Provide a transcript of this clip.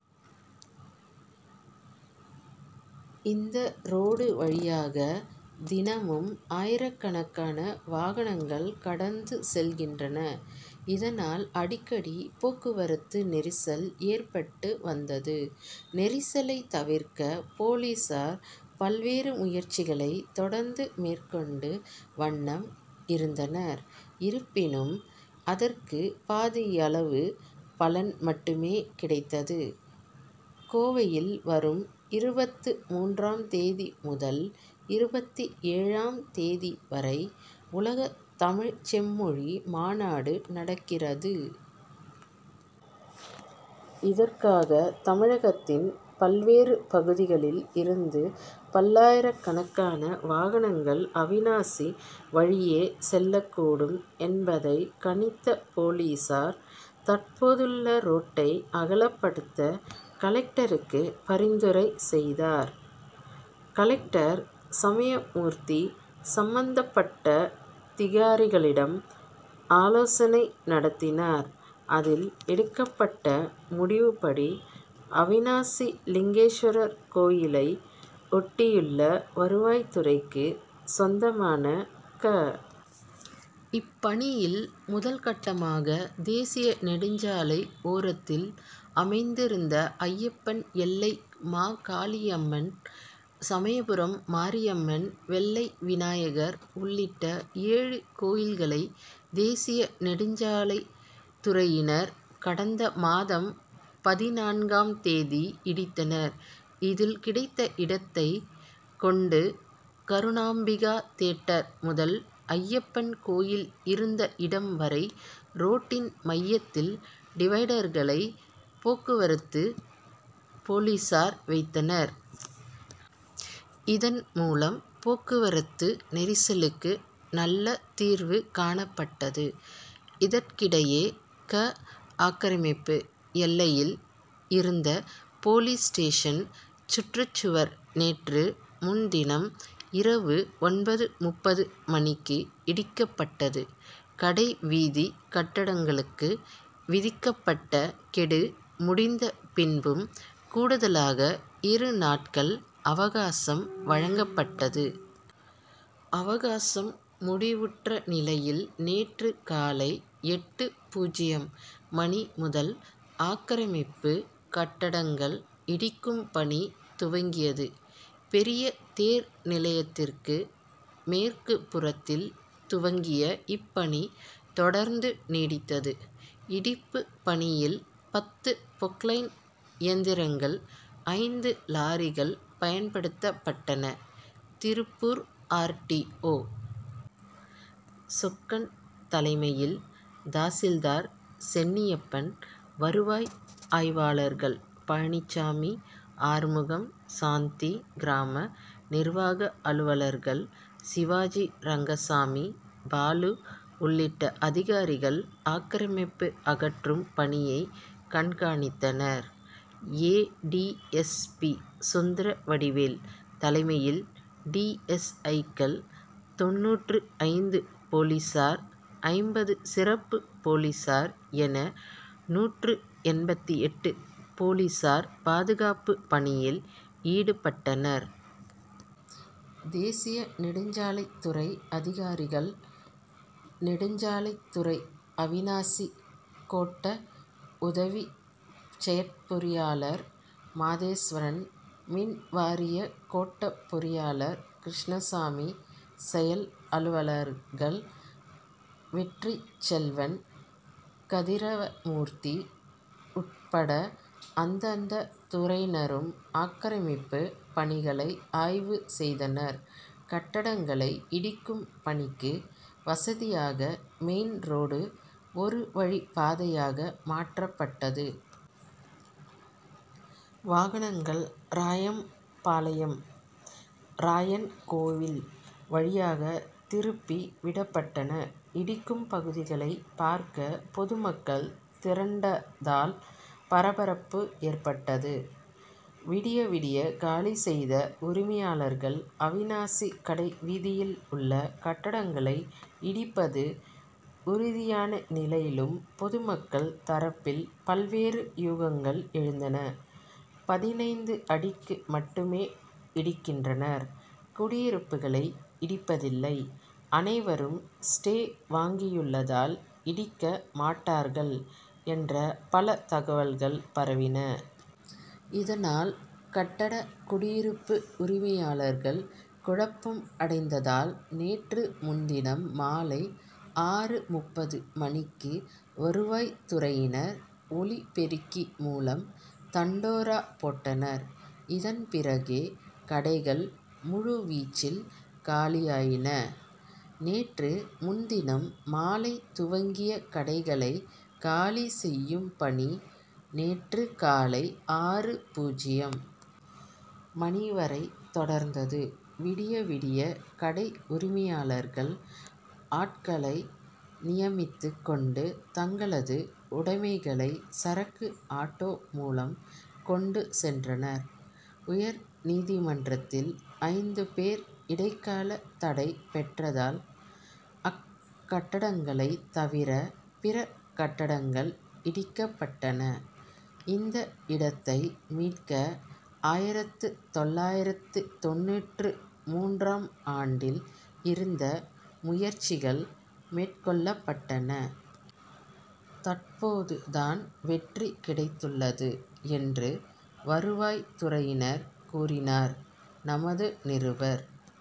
இந்த ரோடு வழியாக தினமும் ஆயிரக்கணக்கான வாகனங்கள் கடந்து செல்கின்றன. இதனால் அடிக்கடி போக்குவரத்து நெரிசல் ஏற்பட்டு வந்தது. நெரிசலை தவிர்க்க போலீசார் பல்வேறு முயற்சிகளை தொடர்ந்து மேற்கொண்டு வண்ணம் இருந்தனர். இருப்பினும் அதற்கு பாதியளவு பலன் மட்டுமே கிடைத்தது. கோவையில் வரும் இருபத்து மூன்றாம் தேதி முதல் இருபத்தி ஏழாம் தேதி வரை உலகத் தமிழ்ச் செம்மொழி மாநாடு நடக்கிறது. இதற்காக தமிழகத்தின் பல்வேறு பகுதிகளில் இருந்து பல்லாயிரக்கணக்கான வாகனங்கள் அவிநாசி வழியே செல்லக்கூடும் என்பதை கணித்த போலீசார் தற்போதுள்ள ரோட்டை அகலப்படுத்த கலெக்டருக்கு பரிந்துரை செய்தார். கலெக்டர் சமயமூர்த்தி சம்பந்தப்பட்ட திகாரிகளிடம் ஆலோசனை நடத்தினார். அதில் எடுக்கப்பட்ட முடிவுப்படி அவிநாசிலிங்கேஸ்வரர் கோவிலை ஒட்டியுள்ள வருவாய்த்துறைக்கு சொந்தமான க. இப்பணியில் முதல்கட்டமாக தேசிய நெடுஞ்சாலை ஓரத்தில் அமைந்திருந்த அய்யப்பன் எல்லை மாகாளியம்மன் சமயபுரம் மாரியம்மன் வெள்ளை விநாயகர் உள்ளிட்ட ஏழு கோயில்களை தேசிய நெடுஞ்சாலைத்துறையினர் கடந்த மாதம் பதினான்காம் தேதி இடித்தனர். இதில் கிடைத்த இடத்தை கொண்டு கருணாம்பிகா தியேட்டர் முதல் அய்யப்பன் கோவில் இருந்த இடம் வரை ரோட்டின் மையத்தில் டிவைடர்களை போக்குவரத்து போலீசார் வைத்தனர். இதன் மூலம் போக்குவரத்து நெரிசலுக்கு நல்ல தீர்வு காணப்பட்டது. இதற்கிடையே க. ஆக்கிரமிப்பு எல்லையில் இருந்த போலீஸ் ஸ்டேஷன் சுற்றுச்சுவர் நேற்று முன்தினம் இரவு ஒன்பது.முப்பது மணிக்கு இடிக்கப்பட்டது. கடை வீதி கட்டடங்களுக்கு விதிக்கப்பட்ட கெடு முடிந்த பின்பும் கூடுதலாக இரு நாட்கள் அவகாசம் வழங்கப்பட்டது. அவகாசம் முடிவுற்ற நிலையில் நேற்று காலை எட்டு.பூஜ்யம் மணி முதல் ஆக்கிரமிப்பு கட்டடங்கள் இடிக்கும் பணி துவங்கியது. பெரிய தேர் நிலையத்துக்கு மேற்குப்புறத்தில் துவங்கிய இப்பணி தொடர்ந்து நீடித்தது. இடிப்பு பணியில் பத்து பொக்லைன் இயந்திரங்கள் ஐந்து லாரிகள் பயன்படுத்தப்பட்டன. Tiruppur R. T. O. Chokkan தலைமையில் தாசில்தார் சென்னியப்பன் வருவாய் ஆய்வாளர்கள் பழனிசாமி ஆறுமுகம் சாந்தி கிராம நிர்வாக அலுவலர்கள் சிவாஜி ரங்கசாமி பாலு உள்ளிட்ட அதிகாரிகள் ஆக்கிரமிப்பு அகற்றும் பணியை கண்காணித்தனர். A. D. S. P. Sundaravadivel தலைமையில் டி. எஸ். ஐ.க்கள் தொண்ணூற்று ஐந்து போலீசார் ஐம்பது சிறப்பு போலீசார் என நூற்று எண்பத்தி எட்டு போலீசார் பாதுகாப்பு பணியில் ஈடுபட்டனர். தேசிய நெடுஞ்சாலைத்துறை அதிகாரிகள் நெடுஞ்சாலைத்துறை அவிநாசி கோட்ட உதவி செயற்பொறியாளர் மாதேஸ்வரன் மின்வாரிய கோட்ட பொறியாளர் கிருஷ்ணசாமி செயல் அலுவலர்கள் வெற்றிச்செல்வன் கதிரவமூர்த்தி உட்பட அந்தந்த துறையினரும் ஆக்கிரமிப்பு பணிகளை ஆய்வு செய்தனர். கட்டடங்களை இடிக்கும் பணிக்கு வசதியாக மெயின் ரோடு ஒரு வழிப்பாதையாக மாற்றப்பட்டது. வாகனங்கள் ராயம்பாளையம் ராயன் கோவில் வழியாக திருப்பி விடப்பட்டன. இடிக்கும் பகுதிகளை பார்க்க பொதுமக்கள் திரண்டதால் பரபரப்பு ஏற்பட்டது. விடிய விடிய காலி செய்த உரிமையாளர்கள் அவிநாசி கடை வீதியில் உள்ள கட்டடங்களை இடிப்பது உறுதியான நிலையிலும் பொதுமக்கள் தரப்பில் பல்வேறு யூகங்கள் எழுந்தன. பதினைந்து அடிக்கு மட்டுமே இடிக்கின்றனர் குடியிருப்புகளை இடிப்பதில்லை அனைவரும் ஸ்டே வாங்கியுள்ளதால் இடிக்க மாட்டார்கள் என்ற பல தகவல்கள் பரவின. இதனால் கட்டட குடியிருப்பு உரிமையாளர்கள் குழப்பம் அடைந்ததால் நேற்று முன்தினம் மாலை ஆறு.முப்பது மணிக்கு வருவாய்த்துறையினர் ஒலி பெருக்கி மூலம் தண்டோரா போட்டனர். இதன் பிறகே கடைகள் முழு வீச்சில் காலியாயின. நேற்று முன்தினம் மாலை துவங்கிய கடைகளை காலி செய்யும் பணி நேற்று காலை ஆறு.பூஜ்யம் மணி வரை தொடர்ந்தது. விடிய விடிய கடை உரிமையாளர்கள் ஆட்களை நியமித்துக் கொண்டு தங்களது உடைமைகளை சரக்கு ஆட்டோ மூலம் கொண்டு சென்றனர். உயர் நீதிமன்றத்தில் ஐந்து பேர் இடைக்கால தடை பெற்றதால் அக்கட்டடங்களை தவிர பிற கட்டடங்கள் இடிக்கப்பட்டன. இந்த இடத்தை மீட்க ஆயிரத்து தொள்ளாயிரத்து தொண்ணூற்று மூன்றாம் ஆண்டில் இருந்த முயற்சிகள் மேற்கொள்ளப்பட்டன. தற்போது தான் வெற்றி கிடைத்துள்ளது என்று வருவாய்த்துறையினர் கூறினார். நமது நிருபர் -